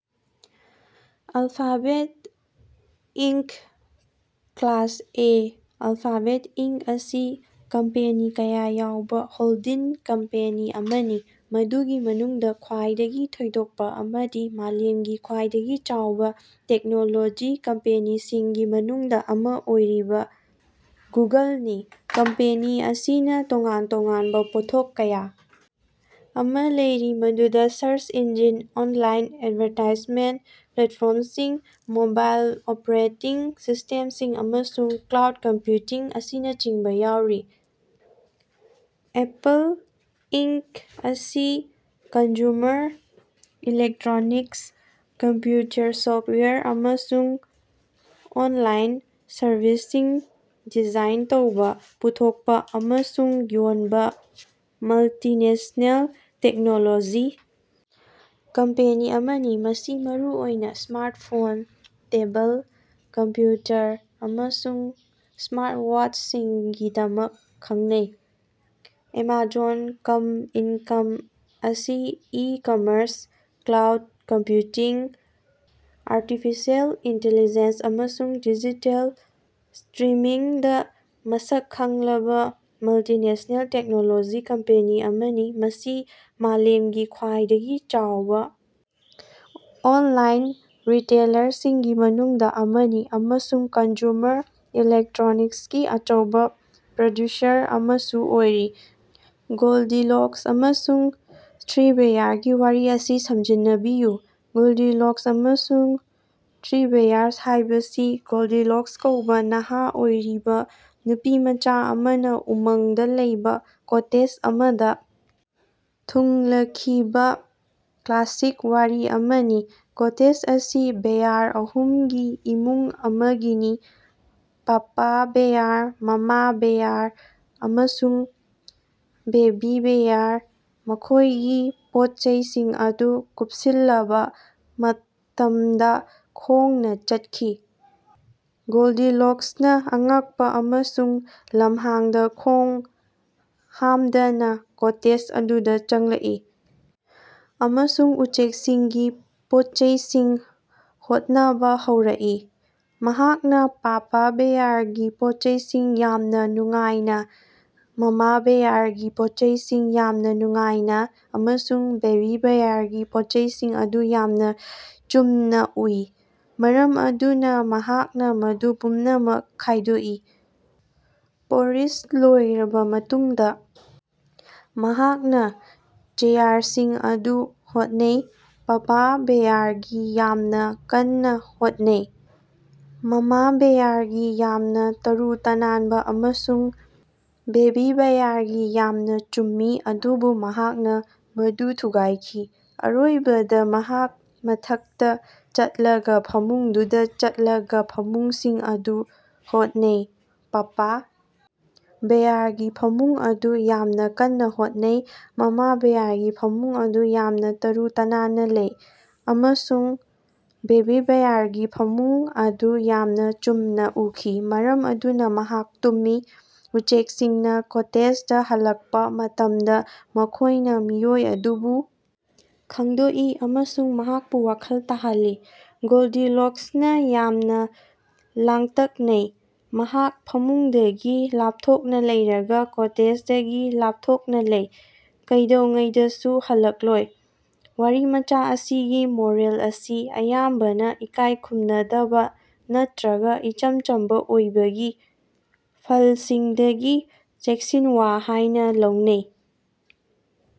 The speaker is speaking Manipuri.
Alphabet Inc class A Alphabet Inc ꯑꯁꯤ ꯀꯝꯄꯦꯅꯤ ꯀꯌꯥ ꯌꯥꯎꯕ ꯍꯣꯜꯗꯤꯡ ꯀꯝꯄꯦꯅꯤ ꯑꯃꯅꯤ, ꯃꯗꯨꯒꯤ ꯃꯅꯨꯡꯗ ꯈ꯭ꯋꯥꯏꯗꯒꯤ ꯊꯣꯏꯗꯣꯛꯄꯥ ꯑꯃꯗꯤ ꯃꯥꯂꯦꯝꯒꯤ ꯈ꯭ꯋꯥꯏꯗꯒꯤ ꯆꯥꯎꯕ ꯇꯦꯛꯅꯣꯂꯣꯖꯤ ꯀꯝꯄꯦꯅꯤꯁꯤꯡꯒꯤ ꯃꯅꯨꯡꯗ ꯑꯃꯥ ꯑꯣꯏꯔꯤꯕꯥ ꯒꯨꯒꯜꯅꯤ꯫ ꯀꯝꯄꯦꯅꯤ ꯑꯁꯤꯅ ꯇꯣꯉꯥꯟ ꯇꯣꯉꯥꯟꯕ ꯄꯣꯠꯊꯣꯛ ꯀꯌꯥ ꯑꯃꯥ ꯂꯩꯔꯤ ꯃꯗꯨꯗꯥ ꯁꯔꯆ ꯏꯟꯖꯤꯟ, ꯑꯣꯟꯂꯥꯏꯟ ꯑꯦꯗꯚꯥꯔꯇꯥꯏꯖꯃꯦꯟꯇ ꯄ꯭ꯂꯦꯠꯐꯣꯔꯝꯁꯤꯡ, ꯃꯣꯕꯥꯏꯜ ꯑꯣꯄꯔꯦꯇꯤꯡ ꯁꯤꯁ꯭ꯇꯦꯝꯁꯤꯡ, ꯑꯃꯁꯨꯡ ꯀ꯭ꯂꯥꯎꯗ ꯀꯝꯄꯌꯨꯇꯤꯡ ꯑꯁꯤꯅꯆꯤꯡꯕ ꯌꯥꯎꯔꯤ꯫ ꯑꯦꯄꯜ ꯏꯟꯀ ꯑꯁꯤ ꯀꯟꯖꯨꯃꯔ ꯏꯂꯦꯛꯇꯔꯣꯅꯤꯛꯁ, ꯀꯝꯄꯌꯨꯇꯔ ꯁꯣꯐꯋꯦꯌꯔ, ꯑꯃꯁꯨꯡ ꯑꯣꯟꯂꯥꯏꯟ ꯁꯔꯚꯤꯁꯁꯤꯡ ꯗꯤꯖꯥꯏꯟ ꯇꯧꯕꯥ, ꯄꯨꯊꯣꯛꯄꯥ ꯑꯃꯁꯨꯡ ꯌꯣꯟꯕ ꯃꯜꯇꯤꯅꯦꯁ꯭ꯅꯦꯜ ꯇꯦꯛꯅꯣꯂꯣꯖꯤ ꯀꯝꯄꯦꯅꯤ ꯑꯃꯅꯤ꯫ ꯃꯁꯤ ꯃꯔꯨꯑꯣꯏꯅ ꯁ꯭ꯃꯥꯔꯠꯐꯣꯟ, ꯇꯦꯕꯜ, ꯀꯝꯄꯌꯨꯇꯔ, ꯑꯃꯁꯨꯡ ꯁ꯭ꯃꯥꯔꯠꯋꯥꯆꯁꯤꯡꯒꯤꯗꯃꯛ ꯈꯪꯅꯩ꯫ ꯑꯦꯃꯥꯖꯣꯟ ꯀꯝ ꯏꯟꯀꯝ ꯑꯁꯤ e-commerce, cloud computing, artificial intelligence ꯑꯃꯁꯨꯡ ꯗꯤꯖꯤꯇꯦꯜ ꯁ꯭ꯇꯔꯤꯃꯤꯡꯗ ꯃꯁꯛ ꯈꯪꯂꯕ ꯃꯜꯇꯤꯅꯦꯁ꯭ꯅꯦꯜ ꯇꯦꯛꯅꯣꯂꯣꯖꯤ ꯀꯝꯄꯦꯅꯤ ꯑꯃꯅꯤ꯫ ꯃꯁꯤ ꯃꯥꯂꯦꯝꯒꯤ ꯈ꯭ꯋꯥꯏꯗꯒꯤ ꯆꯥꯎꯕ ꯑꯣꯟꯂꯥꯏꯟ ꯔꯤꯇꯦꯂꯔꯁꯤꯡꯒꯤ ꯃꯅꯨꯡꯗ ꯑꯃꯅꯤ ꯑꯃꯁꯨꯡ ꯀꯟꯖꯨꯃꯔ ꯏꯂꯦꯛꯇꯔꯣꯅꯤꯛꯁꯀꯤ ꯑꯆꯧꯕ ꯄ꯭ꯔꯗ꯭ꯌꯨꯁꯔ ꯑꯃꯁꯨ ꯑꯣꯏꯔꯤ꯫ ꯒꯣꯜꯗꯤꯂꯣꯛꯁ ꯑꯃꯁꯨꯡ ꯊ꯭ꯔꯤ ꯕꯦꯌꯥꯔꯒꯤ ꯋꯥꯔꯤ ꯑꯁꯤ ꯁꯝꯖꯤꯟꯅꯕꯤꯌꯨ꯫ ꯒꯣꯜꯗꯤꯂꯣꯛꯁ ꯑꯃꯁꯨꯡ ꯊ꯭ꯔꯤ ꯕꯦꯌꯥꯔꯁ ꯍꯥꯏꯕꯁꯤ ꯒꯣꯜꯗꯤꯂꯣꯛꯁ ꯀꯧꯕꯥ ꯅꯍꯥ ꯑꯣꯏꯔꯤꯕꯥ ꯅꯨꯄꯤꯃꯆꯥ ꯑꯃꯅꯥ ꯎꯃꯪꯗ ꯂꯩꯕ ꯀꯣꯇꯦꯖ ꯑꯃꯗ ꯊꯨꯡꯂꯈꯤꯕ ꯀ꯭ꯂꯥꯁꯤꯛ ꯋꯥꯔꯤ ꯑꯃꯅꯤ꯫ ꯀꯣꯇꯦꯖ ꯑꯁꯤ ꯕꯦꯌꯥꯔ ꯑꯍꯨꯝꯒꯤ ꯏꯃꯨꯡ ꯑꯃꯒꯤꯅꯤ ꯄꯥꯄꯥ ꯕꯦꯌꯥꯔ, ꯃꯥꯃꯥ ꯕꯦꯌꯥꯔ, ꯑꯃꯁꯨꯡ ꯕꯦꯕꯤ ꯕꯦꯌꯥꯔ ꯃꯈꯣꯏꯒꯤ ꯄꯣꯠꯆꯩꯁꯤꯡ ꯑꯗꯨ ꯀꯨꯞꯁꯤꯜꯂꯕꯥ ꯃꯇꯝꯗꯥ ꯈꯣꯡꯅꯥ ꯆꯠꯈꯤ꯫ ꯒꯣꯜꯗꯤꯂꯣꯛꯁꯅꯥ ꯑꯉꯛꯄꯥ ꯑꯃꯁꯨꯡ ꯂꯝꯍꯥꯡꯗ ꯈꯣꯡ ꯍꯥꯝꯗꯅꯥ ꯀꯣꯇꯦꯖ ꯑꯗꯨꯗ ꯆꯪꯂꯛꯏ ꯑꯃꯁꯨꯡ ꯎꯆꯦꯛꯁꯤꯡꯒꯤ ꯄꯣꯠꯆꯩꯁꯤꯡ ꯍꯣꯠꯅꯕꯥ ꯍꯧꯔꯛꯏ꯫ ꯃꯍꯥꯛꯅ ꯄꯥꯄꯥ ꯕꯦꯌꯥꯔꯒꯤ ꯄꯣꯠꯆꯩꯁꯤꯡ ꯌꯥꯝꯅꯥ ꯅꯨꯡꯉꯥꯏꯅꯥ, ꯃꯥꯃꯥ ꯕꯦꯌꯥꯔꯒꯤ ꯄꯣꯠꯆꯩꯁꯤꯡ ꯌꯥꯝꯅꯥ ꯅꯨꯡꯉꯥꯏꯅꯥ, ꯑꯃꯁꯨꯡ ꯕꯦꯕꯤ ꯕꯦꯌꯥꯔꯒꯤ ꯄꯣꯠꯆꯩꯁꯤꯡ ꯑꯗꯨ ꯌꯥꯝꯅ ꯆꯨꯝꯅꯥ ꯎꯏ, ꯃꯔꯝ ꯑꯗꯨꯅ ꯃꯍꯥꯛꯅ ꯃꯗꯨ ꯄꯨꯝꯅꯃꯛ ꯈꯥꯏꯗꯣꯛꯏ꯫ ꯄꯣꯔꯤꯖ ꯂꯣꯏꯔꯕ ꯃꯇꯨꯡꯗ ꯃꯍꯥꯛꯅ ꯆꯦꯌꯥꯔꯁꯤꯡ ꯑꯗꯨ ꯍꯣꯠꯅꯩ, ꯄꯥꯄꯥ ꯕꯦꯌꯥꯔꯒꯤ ꯌꯥꯝꯅ ꯀꯟꯅ ꯍꯣꯠꯅꯩ, ꯃꯥꯃꯥ ꯕꯦꯌꯥꯔꯒꯤ ꯌꯥꯝꯅ ꯇꯔꯨ ꯇꯅꯥꯟꯕ, ꯑꯃꯁꯨꯡ ꯕꯦꯕꯤ ꯕꯦꯌꯥꯔꯒꯤ ꯌꯥꯝꯅ ꯆꯨꯝꯃꯤ ꯑꯗꯨꯕꯨ ꯃꯍꯥꯛꯅ ꯃꯗꯨ ꯊꯨꯒꯥꯏꯈꯤ꯫ ꯑꯔꯣꯏꯕꯗ ꯃꯍꯥꯛ ꯃꯊꯛꯇ ꯆꯠꯂꯒ ꯐꯃꯨꯡꯗꯨꯗ ꯆꯠꯂꯒ ꯐꯃꯨꯡꯁꯤꯡ ꯑꯗꯨ ꯍꯣꯠꯅꯩ, ꯄꯥꯄꯥ ꯕꯦꯌꯥꯔꯒꯤ ꯐꯃꯨꯡ ꯑꯗꯨ ꯌꯥꯝꯅꯥ ꯀꯟꯅꯥ ꯍꯣꯠꯅꯩ, ꯃꯥꯃꯥ ꯕꯦꯌꯥꯔꯒꯤ ꯐꯃꯨꯡ ꯑꯗꯨ ꯌꯥꯝꯅ ꯇꯔꯨ ꯇꯅꯥꯟꯅꯥ ꯂꯩ, ꯑꯃꯁꯨꯡ ꯕꯦꯕꯤ ꯕꯦꯌꯥꯔꯒꯤ ꯐꯃꯨꯡ ꯑꯗꯨ ꯌꯥꯝꯅꯥ ꯆꯨꯝꯅꯥ ꯎꯈꯤ, ꯃꯔꯝ ꯑꯗꯨꯅ ꯃꯍꯥꯛ ꯇꯨꯝꯃꯤ꯫ ꯎꯆꯦꯛꯁꯤꯡꯅꯥ ꯀꯣꯇꯦꯖꯗ ꯍꯜꯂꯛꯄꯥ ꯃꯇꯝꯗ ꯃꯈꯣꯏꯅ ꯃꯤꯑꯣꯏ ꯑꯗꯨꯕꯨ ꯈꯪꯗꯣꯛꯏ ꯑꯃꯁꯨꯡ ꯃꯍꯥꯛꯄꯨ ꯋꯥꯈꯜ ꯇꯥꯍꯜꯂꯤ꯫ ꯒꯣꯜꯗꯤꯂꯣꯛꯁꯅꯥ ꯌꯥꯝꯅ ꯂꯥꯡꯇꯛꯅꯩ, ꯃꯍꯥꯛ ꯐꯃꯨꯡꯗꯒꯤ ꯂꯥꯞꯊꯣꯛꯅ ꯂꯩꯔꯒ ꯀꯣꯇꯦꯖꯗꯒꯤ ꯂꯥꯞꯊꯣꯛꯅꯥ ꯂꯩ, ꯀꯩꯗꯧꯉꯩꯗꯁꯨ ꯍꯜꯂꯛꯂꯣꯏ꯫ ꯋꯥꯔꯤꯃꯆꯥ ꯑꯁꯤꯒꯤ ꯃꯣꯔꯦꯜ ꯑꯁꯤ ꯑꯌꯥꯝꯕꯅꯥ ꯏꯀꯥꯏ ꯈꯨꯝꯅꯗꯕꯥ ꯅꯠꯇꯔꯒ ꯏꯆꯝ ꯆꯝꯕ ꯑꯣꯏꯕꯒꯤ ꯐꯜꯁꯤꯡꯗꯒꯤ ꯆꯦꯛꯁꯤꯟꯋꯥ ꯍꯥꯏꯅ ꯂꯧꯅꯩ꯫